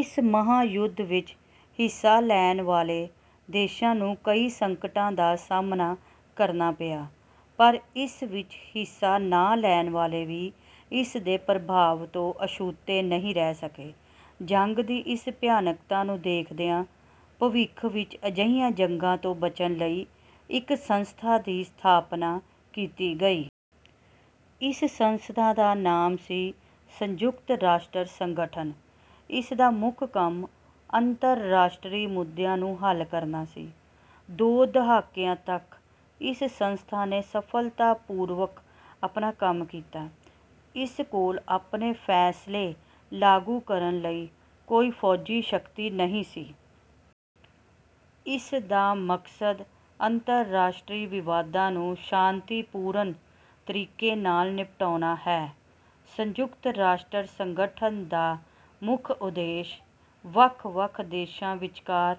ਇਸ ਮਹਾਯੁੱਧ ਵਿੱਚ ਹਿੱਸਾ ਲੈਣ ਵਾਲੇ ਦੇਸ਼ਾਂ ਨੂੰ ਕਈ ਸੰਕਟਾਂ ਦਾ ਸਾਹਮਣਾ ਕਰਨਾ ਪਿਆ। ਪਰ ਇਸ ਵਿੱਚ ਹਿੱਸਾ ਨਾ ਲੈਣ ਵਾਲੇ ਵੀ ਇਸ ਦੇ ਪ੍ਰਭਾਵ ਤੋਂ ਅਛੂਤੇ ਨਹੀਂ ਰਹਿ ਸਕੇ। ਜੰਗ ਦੀ ਇਸ ਭਿਆਨਕਤਾ ਨੂੰ ਦੇਖਦਿਆਂ ਭਵਿੱਖ ਵਿੱਚ ਅਜਿਹੀਆਂ ਜੰਗਾਂ ਤੋਂ ਬਚਣ ਲਈ ਇੱਕ ਸੰਸਥਾ ਦੀ ਸਥਾਪਨਾ ਕੀਤੀ ਗਈ। ਇਸ ਸੰਸਥਾ ਦਾ ਨਾਮ ਸੀ – ਸੰਯੁਕਤ ਰਾਸ਼ਟਰ ਸੰਗਠਨ। ਇਸ ਦਾ ਮੁੱਖ ਕੰਮ ਅੰਤਰਰਾਸ਼ਟਰੀ ਮੁੱਦਿਆਂ ਨੂੰ ਹੱਲ ਕਰਨਾ ਸੀ। ਦੋ ਦਹਾਕਿਆਂ ਤੱਕ ਇਸ ਸੰਸਥਾ ਨੇ ਸਫਲਤਾਪੂਰਵਕ ਆਪਣਾ ਕੰਮ ਕੀਤਾ। ਇਸ ਕੋਲ ਆਪਣੇ ਫੈਸਲੇ ਲਾਗੂ ਕਰਨ ਲਈ ਕੋਈ ਫੌਜੀ ਸ਼ਕਤੀ ਨਹੀਂ ਸੀ। ਇਸ ਦਾ ਮਕਸਦ ਅੰਤਰਰਾਸ਼ਟਰੀ ਵਿਵਾਦਾਂ ਨੂੰ ਸ਼ਾਂਤੀਪੂਰਨ ਤਰੀਕੇ ਨਾਲ ਨਿਪਟਾਉਣਾ ਹੈ। ਸੰਯੁਕਤ ਰਾਸ਼ਟਰ ਸੰਗਠਨ ਦਾ ਮੁੱਖ ਉਦੇਸ਼ ਵੱਖ-ਵੱਖ ਦੇਸ਼ਾਂ ਵਿਚਕਾਰ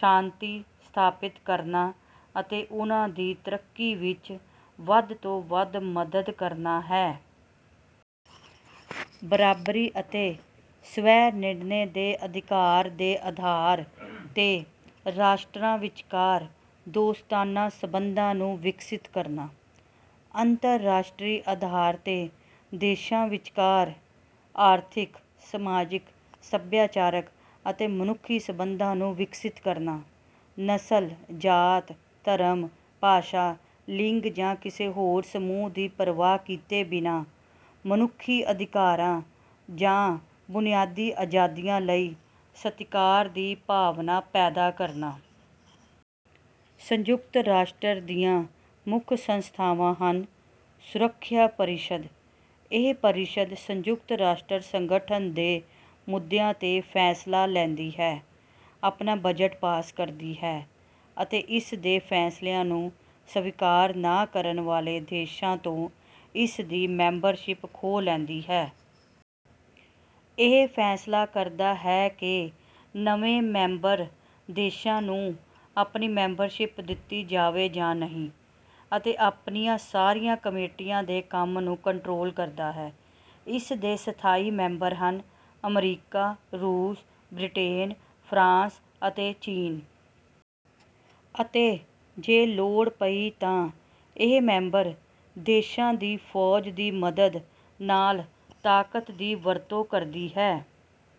ਸ਼ਾਂਤੀ ਸਥਾਪਿਤ ਕਰਨਾ ਅਤੇ ਉਨ੍ਹਾਂ ਦੀ ਤਰੱਕੀ ਵਿਚ ਵੱਧ ਤੋਂ ਵੱਧ ਮਦਦ ਕਰਨਾ ਹੈ। ਬਰਾਬਰੀ ਅਤੇ ਸਵੈ-ਨਿਰਣੇ ਦੇ ਅਧਿਕਾਰ ਦੇ ਆਧਾਰ 'ਤੇ ਰਾਸ਼ਟਰਾਂ ਵਿਚਕਾਰ ਦੋਸਤਾਨਾ ਸਬੰਧਾਂ ਨੂੰ ਵਿਕਸਿਤ ਕਰਨਾ। ਅੰਤਰਰਾਸ਼ਟਰੀ ਆਧਾਰ 'ਤੇ ਦੇਸ਼ਾਂ ਵਿਚਕਾਰ ਆਰਥਿਕ, ਸਮਾਜਿਕ, ਸੱਭਿਆਚਾਰਕ ਅਤੇ ਮਨੁੱਖੀ ਸਬੰਧਾਂ ਨੂੰ ਵਿਕਸਿਤ ਕਰਨਾ। ਨਸਲ, ਜਾਤ, ਧਰਮ, ਭਾਸ਼ਾ, ਲਿੰਗ ਜਾਂ ਕਿਸੇ ਹੋਰ ਸਮੂਹ ਦੀ ਪਰਵਾਹ ਕੀਤੇ ਬਿਨਾਂ ਮਨੁੱਖੀ ਅਧਿਕਾਰਾਂ ਜਾਂ ਬੁਨਿਆਦੀ ਆਜ਼ਾਦੀਆਂ ਲਈ ਸਤਿਕਾਰ ਦੀ ਭਾਵਨਾ ਪੈਦਾ ਕਰਨਾ। ਸੰਯੁਕਤ ਰਾਸ਼ਟਰ ਦੀਆਂ ਮੁੱਖ ਸੰਸਥਾਵਾਂ ਹਨ- ਸੁਰੱਖਿਆ ਪਰਿਸ਼ਦ– ਇਹ ਪਰਿਸ਼ਦ ਸੰਯੁਕਤ ਰਾਸ਼ਟਰ ਸੰਗਠਨ ਦੇ ਮੁੱਦਿਆਂ 'ਤੇ ਫੈਸਲਾ ਲੈਂਦੀ ਹੈ, ਆਪਣਾ ਬਜਟ ਪਾਸ ਕਰਦੀ ਹੈ ਅਤੇ ਇਸ ਦੇ ਫੈਸਲਿਆਂ ਨੂੰ ਸਵੀਕਾਰ ਨਾ ਕਰਨ ਵਾਲੇ ਦੇਸ਼ਾਂ ਤੋਂ ਇਸ ਦੀ ਮੈਂਬਰਸ਼ਿਪ ਖੋਹ ਲੈਂਦੀ ਹੈ। ਇਹ ਫੈਸਲਾ ਕਰਦਾ ਹੈ ਕਿ ਨਵੇਂ ਮੈਂਬਰ ਦੇਸ਼ਾਂ ਨੂੰ ਆਪਣੀ ਮੈਂਬਰਸ਼ਿਪ ਦਿੱਤੀ ਜਾਵੇ ਜਾਂ ਨਹੀਂ। ਅਤੇ ਆਪਣੀਆਂ ਸਾਰੀਆਂ ਕਮੇਟੀਆਂ ਦੇ ਕੰਮ ਨੂੰ ਕੰਟਰੋਲ ਕਰਦਾ ਹੈ। ਇਸ ਦੇ ਸਥਾਈ ਮੈਂਬਰ ਹਨ – ਅਮਰੀਕਾ, ਰੂਸ, ਬ੍ਰਿਟੇਨ, ਫਰਾਂਸ ਅਤੇ ਚੀਨ। ਅਤੇ ਜੇ ਲੋੜ ਪਈ ਤਾਂ ਇਹ ਮੈਂਬਰ ਦੇਸ਼ਾਂ ਦੀ ਫੌਜ ਦੀ ਮਦਦ ਨਾਲ ਤਾਕਤ ਦੀ ਵਰਤੋਂ ਕਰਦੀ ਹੈ।